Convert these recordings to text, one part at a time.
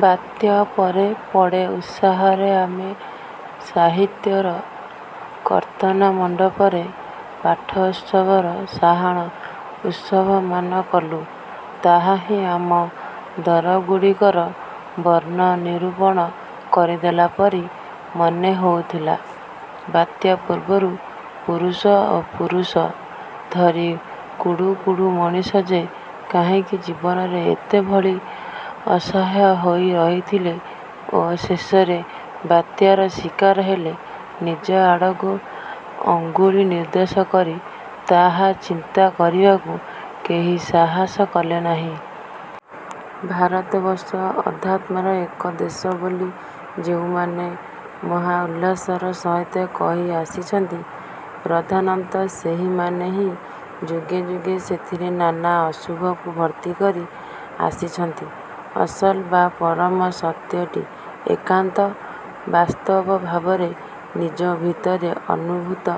ବାତ୍ୟା ପରେ ପଡ଼େ ଉତ୍ସାହରେ ଆମେ ସାହିତ୍ୟର କର୍ତ୍ତନମଣ୍ଡପରେ ପାଠୋତ୍ସବର ସାହାଣ ଉତ୍ସବମାନ କଲୁ, ତାହା ହିଁ ଆମ ଦରଗୁଡ଼ିକର ବର୍ଣ୍ଣ ନିରୂପଣ କରିଦେଲା ପରି ମନେ ହୋଉଥିଲା। ବାତ୍ୟା ପୂର୍ବରୁ ପୁରୁଷ ପୁରୁଷ ଧରି କୁଢୁ କୁଢୁ ମଣିଷ ଯେ କାହିଁକି ଜୀବନରେ ଏତେ ଭଳି ଅସହାୟ ହୋଇ ରହିଥିଲେ ଓ ଶେଷରେ ବାତ୍ୟାର ଶିକାର ହେଲେ, ନିଜ ଆଡ଼କୁ ଅଙ୍ଗୁଳି ନିର୍ଦ୍ଦେଶ କରି ତାହା ଚିନ୍ତା କରିବାକୁ କେହି ସାହସ କଲେନାହିଁ। ଭାରତବର୍ଷ ଅଧ୍ୟାତ୍ମର ଏକ ଦେଶ ବୋଲି ଯେଉଁମାନେ ମହାଉଲ୍ଲାସର ସହିତ କହି ଆସିଛନ୍ତି ,ପ୍ରଧାନତଃ ସେହିମାନେ ହିଁ ଯୁଗେ ଯୁଗେ ସେଥିରେ ନାନା ଅଶୁଭକୁ ଭର୍ତ୍ତି କରି ଆସିଛନ୍ତି। ଅସଲ ବା ପରମ ସତ୍ୟଟି ଏକାନ୍ତ ବାସ୍ତବ ଭାବରେ ନିଜ ଭିତରେ ଅନୁଭୂତ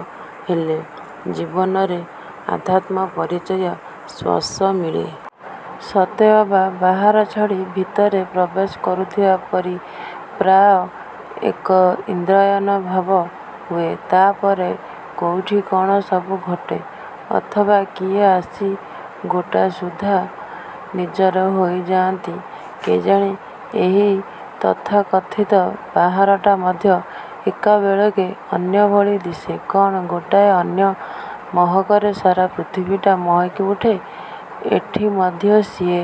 ହେଲେ ଜୀବନରେ ଆଧ୍ୟାତ୍ମ ପରିଚୟର ସ୍ପର୍ଶ ମିଳେ। ସତେଅବା ବାହାର ଛାଡ଼ି ଭିତରେ ପ୍ରବେଶ କରୁଥିବା ପରି ପ୍ରାୟ ଏକ ଇନ୍ଦ୍ରାୟାନଭାବ ହୁଏ ତା' ପରେ କୋଉଠି କ'ଣ ସବୁ ଘଟେ ଅଥବା କିଏ ଆସି ଗୋଟାସୁଦ୍ଧା ନିଜର ହୋଇଯାଆନ୍ତି କେଜାଣି, ଏହି ତଥାକଥିତ ବାହାରଟା ମଧ୍ୟ ଏକାବେଳେକେ ଅନ୍ୟ ଭଳି ଦିଶେ, କ'ଣ ଗୋଟାଏ ଅନ୍ୟ ମହକରେ ସାରା ପୃଥିବୀଟା ମହକି ଉଠେ, ଏଠି ମଧ୍ୟ ସିଏ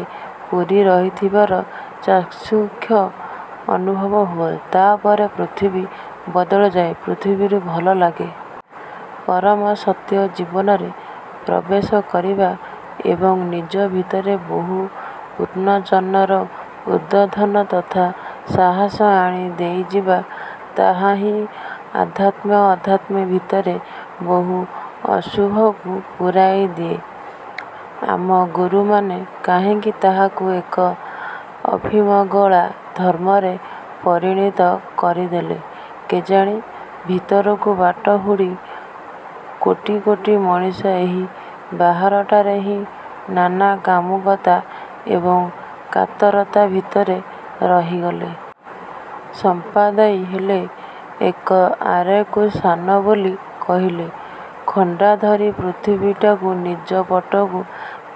ପୂରି ରହିଥିବାର ଚାକ୍ଷୁଷ ଅନୁଭବ ହୁଏ, ତା'ପରେ ପୃଥିବୀ ବଦଳଯାଏ, ପୃଥିବୀ ଭଲ ଲାଗେ। ପରମସତ୍ୟ ଜୀବନରେ ପ୍ରବେଶ କରିବା ଏବଂ ନିଜ ଭିତରେ ବୋହୁ ଉନଚନର ଉଦୋଧନ ତଥା ସାହସ ଆଣି ଦେଇଯିବା, ତାହାହିଁ ଆଧ୍ୟାତ୍ମ। ଆଧ୍ୟାତ୍ମ ଭିତରେ ବୋହୁ ଅଶୁଭକୁ ପୂରାଇ ଦିଏ ଆମ ଗୁରୁମାନେ କାହିଁକି ତାହାକୁ ଏକ ଅଫିମଗୋଳା ଧର୍ମରେ ପରିଣତ କରିଦେଲେ କେଜାଣି। ଭିତରକୁ ବାଟ ହୁଡ଼ି କୋଟି କୋଟି ମଣିଷ ଏହି ବାହାରଟାରେ ହିଁ ନାନା କାମୁକତା ଏବଂ କାତରତା ଭିତରେ ରହିଗଲେ। ସମ୍ପାଦାୟୀ ହେଲେ, ଏକ ଆରେକୁ ସାନ ବୋଲି କହିଲେ, ଖଣ୍ଡା ଧରି ପୃଥିବୀଟାକୁ ନିଜ ପଟକୁ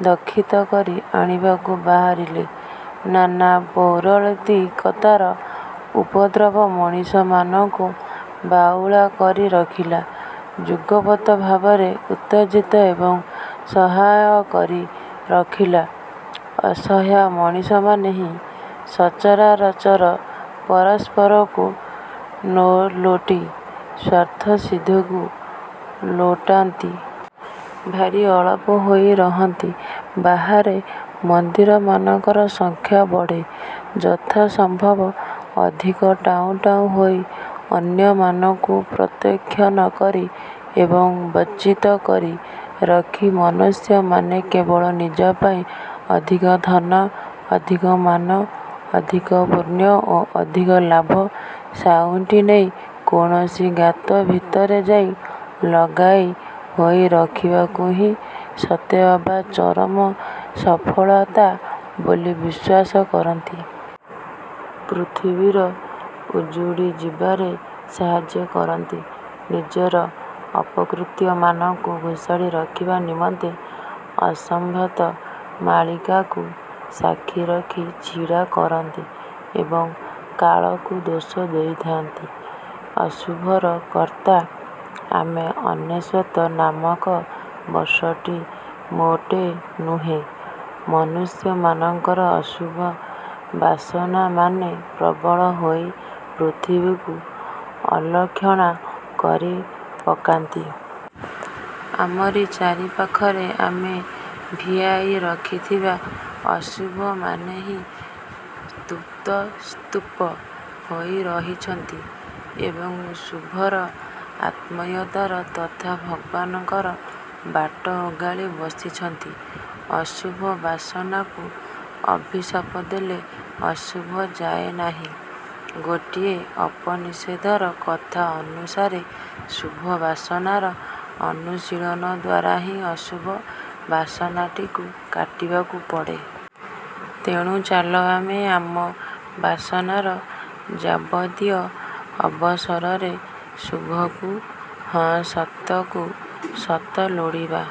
ଦକ୍ଷିତ କରି ଆଣିବାକୁ ବାହାରିଲେ। ନାନା ପୌରଳିକତାର ଉପଦ୍ରବ ମଣିଷମାନଙ୍କୁ ବାଉଳା କରି ରଖିଲା। ଯୁଗପତ୍ ଭାବରେ ଉତ୍ତେଜିତ ଏବଂ ସହାୟ କରି ରଖିଲା। ଅସହାୟ ମଣିଷମାନେ ହିଁ ସଚରାଚର ପରସ୍ପରକୁ ନଲୋଡ଼ି ସ୍ଵାର୍ଥସିଦ୍ଧିକୁ ଲୋଡ଼ନ୍ତି। ଭାରି ଅଳପ ହୋଇ ରହନ୍ତି। ବାହାରେ ମନ୍ଦିରମାନଙ୍କର ସଂଖ୍ୟା ବଢ଼େ, ଯଥାସମ୍ଭବ ଅଧିକ ଟାଉଁ ଟାଉଁ ହୋଇ ଅନ୍ୟମାନଙ୍କୁ ପ୍ରତ୍ୟାଖ୍ୟାନ କରି ଏବଂ ବଂଚିତ କରି ରଖି ମନୁଷ୍ୟମାନେ କେବଳ ନିଜ ପାଇଁ ଅଧିକ ଧନ, ଅଧିକ ମାନ, ଅଧିକ ପୁଣ୍ୟ ଓ ଅଧିକ ଲାଭ ସାଉଁଟି ନେଇ କୌଣସି ଗାତ ଭିତରେ ଯାଇ ଲଗାଇ ହୋଇ ରଖିବାକୁ ହିଁ ସତେଅବା ଚରମ ସଫଳତା ବୋଲି ବିଶ୍ୱାସ କରନ୍ତି। ପୃଥିବୀର ଉଜୁଡ଼ି ଯିବାରେ ସାହାଯ୍ୟ କରନ୍ତି। ନିଜର ଅପକୃତ୍ୟମାନଙ୍କୁ ଘୋଷାଡି ରଖିବା ନିମନ୍ତେ ଅସମ୍ଭବତଃ ମାଳିକାକୁ ସାକ୍ଷୀ ରୂପେ ଛିଡ଼ା କରନ୍ତି ଏବଂ କାଳକୁ ଦୋଷ ଦେଉଥାନ୍ତି। ଅଶୁଭର କର୍ତ୍ତା ଆମେ, ଅନେଶ୍ୱତ ନାମକ ବର୍ଷଟି ମୋଟେ ନୁହେଁ। ମନୁଷ୍ୟମାନଙ୍କର ଅଶୁଭ ବାସନାମାନେ ପ୍ରବଳ ହୋଇ ପୃଥିବୀକୁ ଅଲକ୍ଷଣା କରି ପକାନ୍ତି। ଆମରି ଚାରିପାଖରେ ଆମେ ଭିଆଇ ରଖିଥବା ଅଶୁଭମାନେ ହିଁ ସ୍ତୂପ୍ତ ସ୍ତୂପ ହୋଇ ରହିଛନ୍ତି ଏବଂ ଶୁଭର, ଆତ୍ମୀୟତାର ତଥା ଭଗବାନଙ୍କର ବାଟ ଓଗାଳି ବସିଛନ୍ତି। ଅଶୁଭ ବାସନାକୁ ଅଭିଶାପ ଦେଲେ ଅଶୁଭ ଯାଏନାହିଁ। ଗୋଟିଏ ଉପନିଷଦର କଥା ଅନୁସାରେ, ଶୁଭ ବାସନାର ଅନୁଶୀଳନ ଦ୍ୱାରା ହିଁ ଅଶୁଭ ବାସନାଟିକୁ କାଟିବାକୁ ପଡ଼େ। ତେଣୁ, ଚାଲ ଆମେ ଆମ ବାସନାର ଯାବତୀୟ ଅବସରରେ ଶୁଭକୁ ହଁ ସତକୁ ସତ ଲୋଡ଼ିବା।